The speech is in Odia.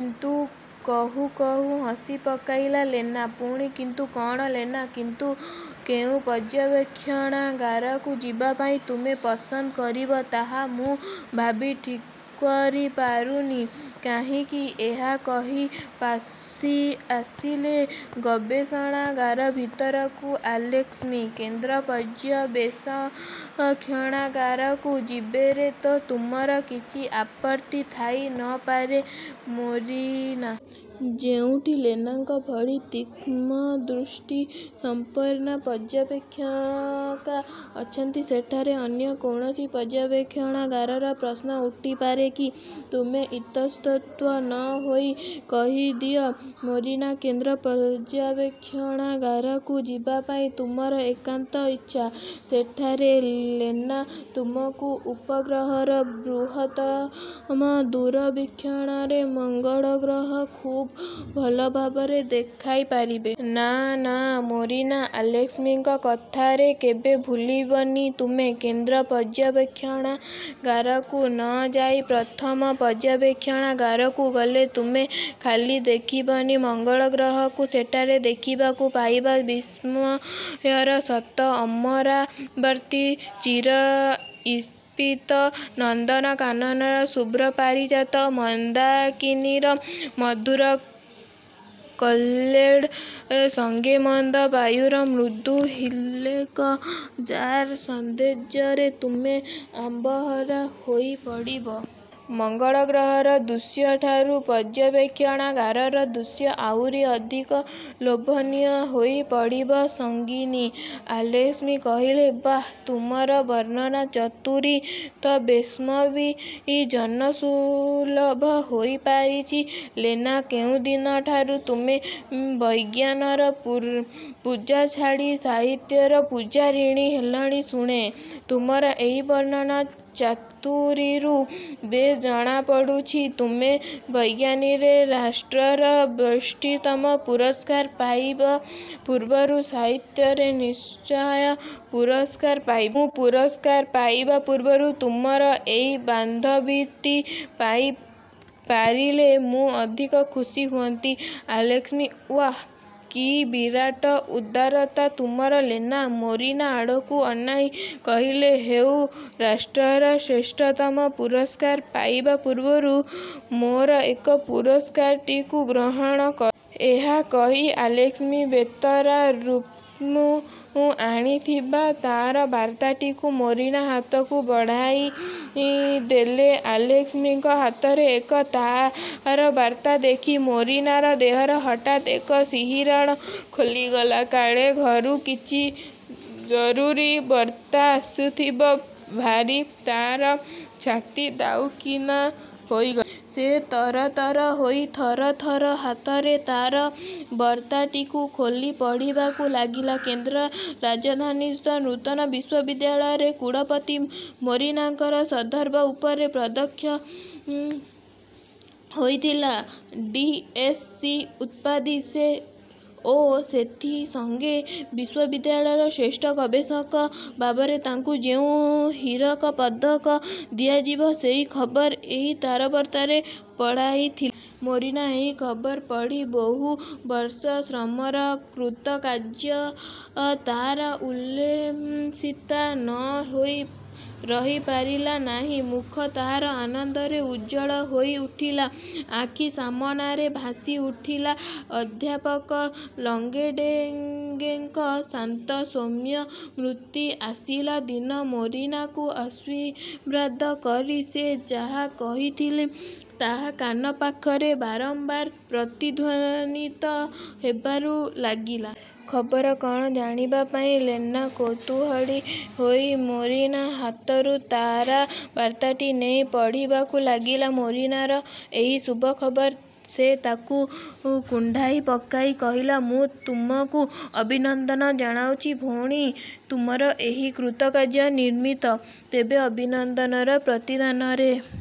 କିନ୍ତୁ–'' କହୁ କହୁ ହସିପକାଇଲା ଲେନା। ''ପୁଣି କିନ୍ତୁ କ'ଣ ଲେନା? '' ''କିନ୍ତୁ କେଉଁ ପର୍ଯ୍ୟବେକ୍ଷଣାଗାରକୁ ଯିବାପାଇଁ ତୁମେ ପସନ୍ଦ କରିବ ତାହା ମୁଁ ଭାବି ଠିକ୍କରି ପାରୁନି। '' ''କାହିଁକି? '' ଏହା କହି ପଶିଆସିଲେ ଗବେଷଣାଗାର ଭିତରକୁ ଆଲେସ୍କି। ''କେନ୍ଦ୍ର ପର୍ଯ୍ୟବେକ୍ଷଣାଗାରକୁ ଯିବାରେ ତ ତୁମର କିଛି ଆପତ୍ତି ଥାଇ ନପାରେ ମେରିନା! ଯେଉଁଠି ଲେନାଙ୍କ ଭଳି ତୀକ୍ଷ୍ଣଦୃଷ୍ଟି ସମ୍ପନ୍ନା ପର୍ଯ୍ୟବେକ୍ଷିକା ଅଛନ୍ତି, ସେଠାରେ ଅନ୍ୟ କୌଣସି ପର୍ଯ୍ୟବେକ୍ଷଣାଗାରର ପ୍ରଶ୍ନ ଉଠିପାରେ କି? ତୁମେ ଇତସ୍ତତଃ ନ ହୋଇ କହିଦିଅ ମେରିନା, କେନ୍ଦ୍ର ପର୍ଯ୍ୟବେକ୍ଷଣାଗାରକୁ ଯିବାପାଇଁ ତୁମର ଏକାନ୍ତ ଇଚ୍ଛା। ସେଠାରେ ଲେନା ତୁମକୁ ଉପଗ୍ରହର ବୃହତ୍ତମ ଦୂରବୀକ୍ଷଣରେ ମଙ୍ଗଳଗ୍ରହ ଖୁବ୍ ଭଲ ଭାବରେ ଦେଖାଇ ପାରିବେ। '' ''ନା, ନା, ମେରିନା! ଆଲେସ୍କିଙ୍କ କଥାରେ କେବେ ଭୁଲିବନି ତୁମେ। କେନ୍ଦ୍ର ପର୍ଯ୍ୟବେକ୍ଷଣାଗାରକୁ ନଯାଇ ପ୍ରଥମ ପର୍ଯ୍ୟବେକ୍ଷଣାଗାରକୁ ଗଲେ ତୁମେ ଖାଲି ଦେଖିବନି ମଙ୍ଗଳଗ୍ରହକୁ; ସେଠାରେ ଦେଖିବାକୁ ପାଇବ ବିସ୍ମୟର ଶତ ଅମରାବତୀ, ଚିର ଈପ୍ସିତ ନନ୍ଦନକାନନର ଶୁଭ୍ର ପାରିଜାତ, ମନ୍ଦାକିନୀର ମଧୁର କଲ୍ଲୋଳ ସଙ୍ଗେ ମନ୍ଦ ବାୟୁର ମୃଦୁ ହିଲ୍ଲୋଳ–ଯା'ର ସୌନ୍ଦର୍ଯ୍ୟରେ ତୁମେ ଆତ୍ମହରା ହୋଇପଡ଼ିବ। ମଙ୍ଗଳଗ୍ରହର ଦୃଶ୍ୟଠାରୁ ପର୍ଯ୍ୟବେକ୍ଷଣାଗାରର ଦୃଶ୍ୟ ଆହୁରି ଅଧିକ ଲୋଭନୀୟ ହୋଇ ପଡ଼ିବ ସଙ୍ଗିନୀ। '' ଆଲେସ୍କି କହିଲେ, ''ବାଃ, ତୁମର ବର୍ଣ୍ଣନା-ଚତୁରୀ ତ ବେଶ୍କବି ଜନସୁଲଭ ହୋଇପାରିଛି ଲେନା! କେଉଁଦିନ ଠାରୁ ତୁମେ ବିଜ୍ଞାନର ପୂଜା ଛାଡ଼ି ସାହିତ୍ୟର ପୂଜାରିଣୀ ହେଲଣି ଶୁଣେ? ତୁମର ଏଇ ବର୍ଣ୍ଣନା–ଚାତୁରୀରୁ ବେଶ୍ ଜଣାପଡ଼ୁଛି, ତୁମେ ବିଜ୍ଞାନରେ ରାଷ୍ଟ୍ରର ଶ୍ରେଷ୍ଠତମ ପୁରସ୍କାର ପାଇବା ପୂର୍ବରୁ ସାହିତ୍ୟରେ ନିଶ୍ଚୟ ପୁରସ୍କାର ପାଇବ। '' ''ମୁଁ ପୁରସ୍କାର ପାଇବା ପୂର୍ବରୁ ତୁମର ଏଇ ବାନ୍ଧବୀଟି ପାଇପାରିଲେ ମୁଁ ଅଧିକ ଖୁସି ହୁଅନ୍ତି, ଆଲେସ୍କି! '' ''ଓଃ! କି ବିରାଟ ଉଦାରତା ତୁମର ଲେନା! '' ମେରିନା ଆଡ଼କୁ ଅନାଇ କହିଲେ–''ହେଉ, ରାଷ୍ଟ୍ରର ଶ୍ରେଷ୍ଠତମ ପୁରସ୍କାର ପାଇବା ପୂର୍ବରୁ ମୋର ଏଇ ପୁରସ୍କାରଟିକୁ ଗ୍ରହଣ କର। '' ଏହା କହି ଆଲେସ୍କି ବେତାର ରୁମ୍ରୁ ଆଣିଥିବା ତାରବାର୍ତ୍ତାଟିକୁ ମେରିନା ହାତକୁ ବଢ଼ାଇଦେଲେ। ଆଲେସ୍କିଙ୍କ ହାତରେ ଏକ ତାରବାର୍ତ୍ତା ଦେଖି ମେରିନାର ଦେହରେ ହଠାତ୍ ଏକ ଶିହରଣ ଖେଳିଗଲା। କାଳେ ଘରୁ କିଛି ଜରୁରୀ ବର୍ତ୍ତା ଆସିଥିବ ଭାବି ତା'ର ଛାତି ଦାଉଁକିନା ହୋଇଗଲା। ସେ ତରତର ହୋଇ ଥରଥର ହାତରେ ତାରବର୍ତ୍ତାଟିକୁ ଖୋଲି ପଢ଼ିବାକୁ ଲାଗିଲା। କେନ୍ଦ୍ର ରାଜଧାନୀସ୍ଥ ନୂତନ ବିଶ୍ୱବିଦ୍ୟାଳୟରେ କୁଳପତି ମେରିନାଙ୍କର ସନ୍ଦର୍ଭ ଉପରେ ପ୍ରଦତ୍ତ ହୋଇଥିବା ଡି. ଏସ. ସି. ଉପାଧି ଓ ସେଥି ସଙ୍ଗେ ବିଶ୍ୱବିଦ୍ୟାଳୟର ଶ୍ରେଷ୍ଠ ଗବେଷକ ଭାବରେ ତାଙ୍କୁ ଯେଉଁ ହୀରକ ପଦକ ଦିଆଯିବ ସେହି ଖବର ଏହି ତାରବାର୍ତ୍ତାରେ ପଠାଇଥିଲେ। ମେରିନା ଏହି ଖବର ପଢ଼ି ବହୁବର୍ଷ ଶ୍ରମର କୃତକାର୍ଯ୍ୟତାରେ ଉଲ୍ଲସିତା ନହୋଇ ରହିପାରିଲା ନାହିଁ। ମୁଖ ତାର ଆନନ୍ଦରେ ଉଜ୍ଜ୍ୱଳ ହୋଇ ଉଠିଲା। ଆଖି ସାମନାରେ ଭାସିଉଠିଲା ଅଧ୍ୟାପକ ଲଗୋଡ଼େଙ୍କୋଙ୍କ ଶାନ୍ତ, ସୌମ୍ୟ ମୂର୍ତ୍ତି। ଆସିବା ଦିନ ମେରିନାକୁ ଆଶୀର୍ବାଦ କରି ସେ ଯାହା କହିଥିଲେ, ତାହା କାନ ପାଖରେ ବାରମ୍ୱାର ପ୍ରତିଧ୍ୱନିତ ହେବାକୁ ଲାଗିଲା। ଖବର କ'ଣ ଜାଣିବାପାଇଁ ଲେନା କୌତୂହଳୀ ହୋଇ ମେରିନା ହାତରୁ ତାରାବାର୍ତ୍ତାଟି ନେଇ ପଢ଼ିବାକୁ ଳାଗିଲା। ମେରିନାର ଏହି ଶୁଭ ଖବର ସେ ତାକୁ କୁଣ୍ଢାଇ ପକାଇ କହିଲା, ''ମୁଁ ତୁମକୁ ଅଭିନନ୍ଦନ ଜଣାଉଚି ଭଉଣୀ, ତୁମର ଏହି କୃତକାର୍ଯ୍ୟ ନିମିତ୍ତ। ତେବେ ଅଭିନନ୍ଦନର ପ୍ରତିଦାନରେ